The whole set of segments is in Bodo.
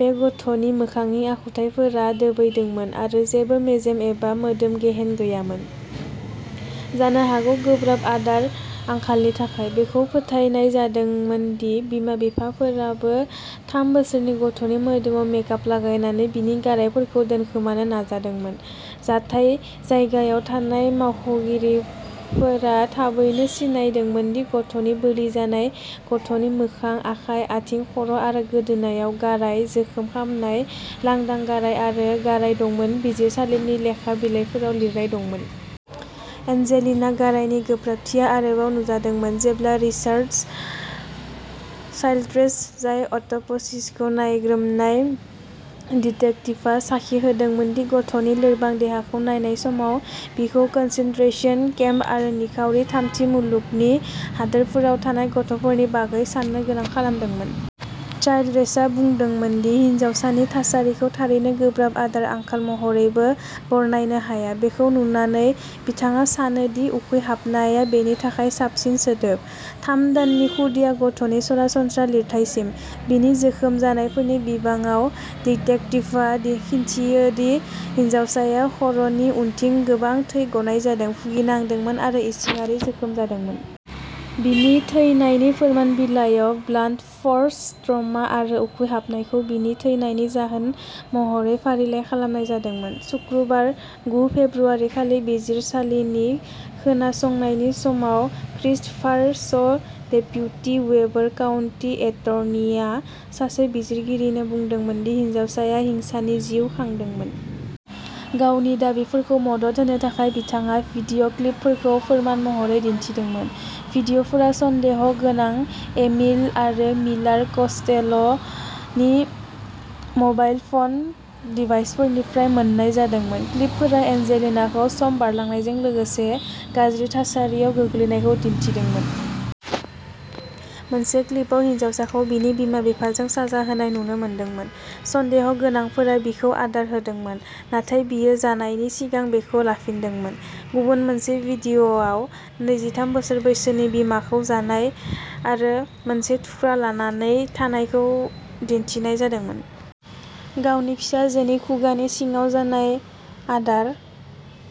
बे गथ'नि मोखांनि आखुथाइफोरा दोबैदोंमोन आरो जेबो मेजेम एबा मोदोम-गेहेन गैयैमोन, जानो हागौ गोब्राब आदार आंखालनि थाखाय। बेखौ फोथायनाय जादोंमोन दि बिमा-बिफाफोराबो थाम बोसोरनि गथ'नि मोदोमाव मेकाप लागायनानै बिनि गारायफोरखौ दोनखोमानो नाजादोंमोन। जाथाय जायगायाव थानाय मावख'गिरिफोरा थाबैनो सिनायदोंमोन दि गथ'नि बोलि जानाय गथ'नि मोखां, आखाइ, आथिं, खर'आरो गोदोनायाव गाराय, जोखोम, खामनाय, लांदां गाराय आरो गाराय दंमोन बिजिरसालिनि लेखा बिलाइफोराव लिरनाय दंमोन। एन्जेलिना गारायनि गोब्राबथिया आरोबाव नुजादोंमोन जेब्ला रिचार्ड चाइल्ड्रेस, जाय अट'प'सिसखौ नायग्रोमनाय डिटेक्टिभआ साखि होदोंमोन दि गथ'नि लोरबां देहाखौ नायनाय समाव, बिखौ कन्सेन्ट्रेशन केम्प आरो निखावरि थामथि मुलुगनि हादोरफोराव थानाय गथ'फोरनि बागै साननो गोनां खालामदोंमोन। चाइल्ड्रेसआ बुंदोंमोन दि हिनजावसानि थासारिखौ थारैनो गोब्राब आदार आंखाल महरैबो बरनायनो हाया। बेखौ नुनानै, बिथाङा सानो दि उखैहाबनाय आ बेनि थाखाय साबसिन सोदोब। थाम दाननि खुदिया गथनि सरासनस्रा लिरथाइसिम। बिनि जोखोम जानायफोरनि बिबाङाव, डिटेक्टिभआ खिन्थायो दि हिनजावसाया खर नि उनथिं गोबां थै गनायजों भुगिनांदोंमोन आरो इसिङारि जोखोम जादोंमोन। बिनि थैनायनि फोरमान बिलाइयाव, ब्लान्ट फर्स ट्रमा आरो उखैहाबनायखौ बिनि थैनायनि जाहोन महरै फारिलाइ खालामनाय जादोंमोन। सुक्रुबार, गु फेब्रुआरिखालि बिजिरसालिनि खोनासंनायनि समाव, Christopher Shaw, deputy Weber County एटर्नीआ सासे बिजिरगिरिनो बुंदोंमोन दि हिनजावसाया हिंसानि जिउ खांदोंमोन। गावनि दाबिफोरखौ मदद होनो थाखाय, बिथाङा भिडिअ क्लिपफोरखौ फोरमान महरै दिन्थिदोंमोन। भिडिअ फोरा सन्देह' गोनां एमिल आरो मिलार कस्टेल'नि मबाइल फ'न डिभाइसफोरनिफ्राय मोन्नाय जादोंमोन। क्लिपफोरा एन्जेलिनाखौ सम बारलांनायजों लोगोसे गाज्रि थासारियाव गोग्लैनायखौ दिन्थिदोंमोन। मोनसे क्लिपआव, हिनजावसाखौ बिनि बिमा-बिफाजों साजा होजानाय नुनो मोनदोंमोन। सन्देह' गोनांफोरा बिखौ आदार होदोंमोन नाथाय बियो जानायनि सिगां बेखौ लाफिनदोंमोन। गुबुन मोनसे वीडिय'आव नैजिथाम बोसोर बैसोनि बिमाखौ जानाय आरो मोनसे थुख्रा लानानै थानायखौ दिन्थिनाय जादोंमोन। गावनि फिसाजोनि खुगानि सिगाङाव जानाय आदार।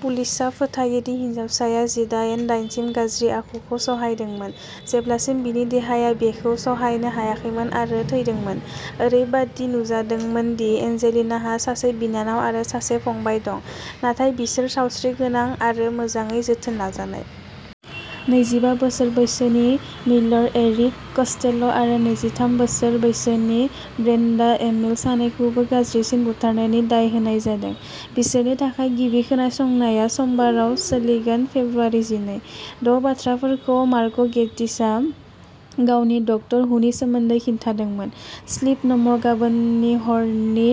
पुलिसआ फोथायो दि हिनजावसाया जिदायेन दानसिम गाज्रि आखुखौ सहायदोंमोन जेब्लासिम बिनि देहाया बेखौ सहायनो हायाखैमोन आरो थैदोंमोन। ओरैबायदि नुजादोंमोन दि एन्जेलिनाहा सासे बिनानाव आरो सासे फंबाय दं नाथाय बिसोर सावस्रिगोनां आरो मोजाङै जोथोन लाजानाय। नैजिबा बोसोर बैसोनि मिलार एरिक कस्टेल' आरो नैजिथाम बोसोर बैसोनि ब्रेन्डा एमिल, सानैखौबो गाज्रिसिन बुथारनायनि दाय होनाय जादों। बिसोरनि थाखाय गिबि खोनासंनाया समबाराव सोलिगोन, फेब्रुआरि जिनै। द' बाथ्राफोर मार्क गेटिसआ गावनि डक्टर हुनि सोमोन्दै खिन्थादोंमोन, स्लिप न'मर गाबोननि हरनि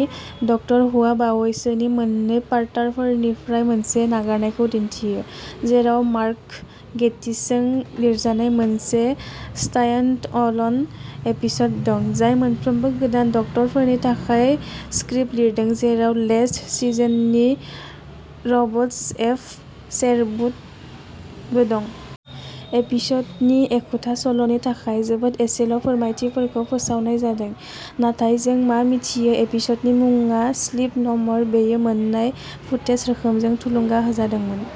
डक्टर हुआ बावैसोनि मोननै पार्टारफोरनिफ्राय मोनसे नागारनायखौ दिन्थियो, जेराव मार्क गेटिसजों लिरजानाय मोनसे स्ट्यान्डअल'न एपिसड दं, जाय मोनफ्रोमबो गोदान डक्टरफोरनि थाखाय स्क्रिप्ट लिरदों, जेराव लेस्ट सिजननि रबट्स अफ शेरवुड बो दं। एपिसडनि एखुथा सल'नि थाखाय, जोबोद एसेल' फोरमायथिफोरखौ फोसावनाय जादों, नाथाय जों मा मिथियो एपिसडनि मुङा स्लिप न'मर बेयो मोन्नाय फुटेज रोखोमजों थुलुंगा होजादोंमोन।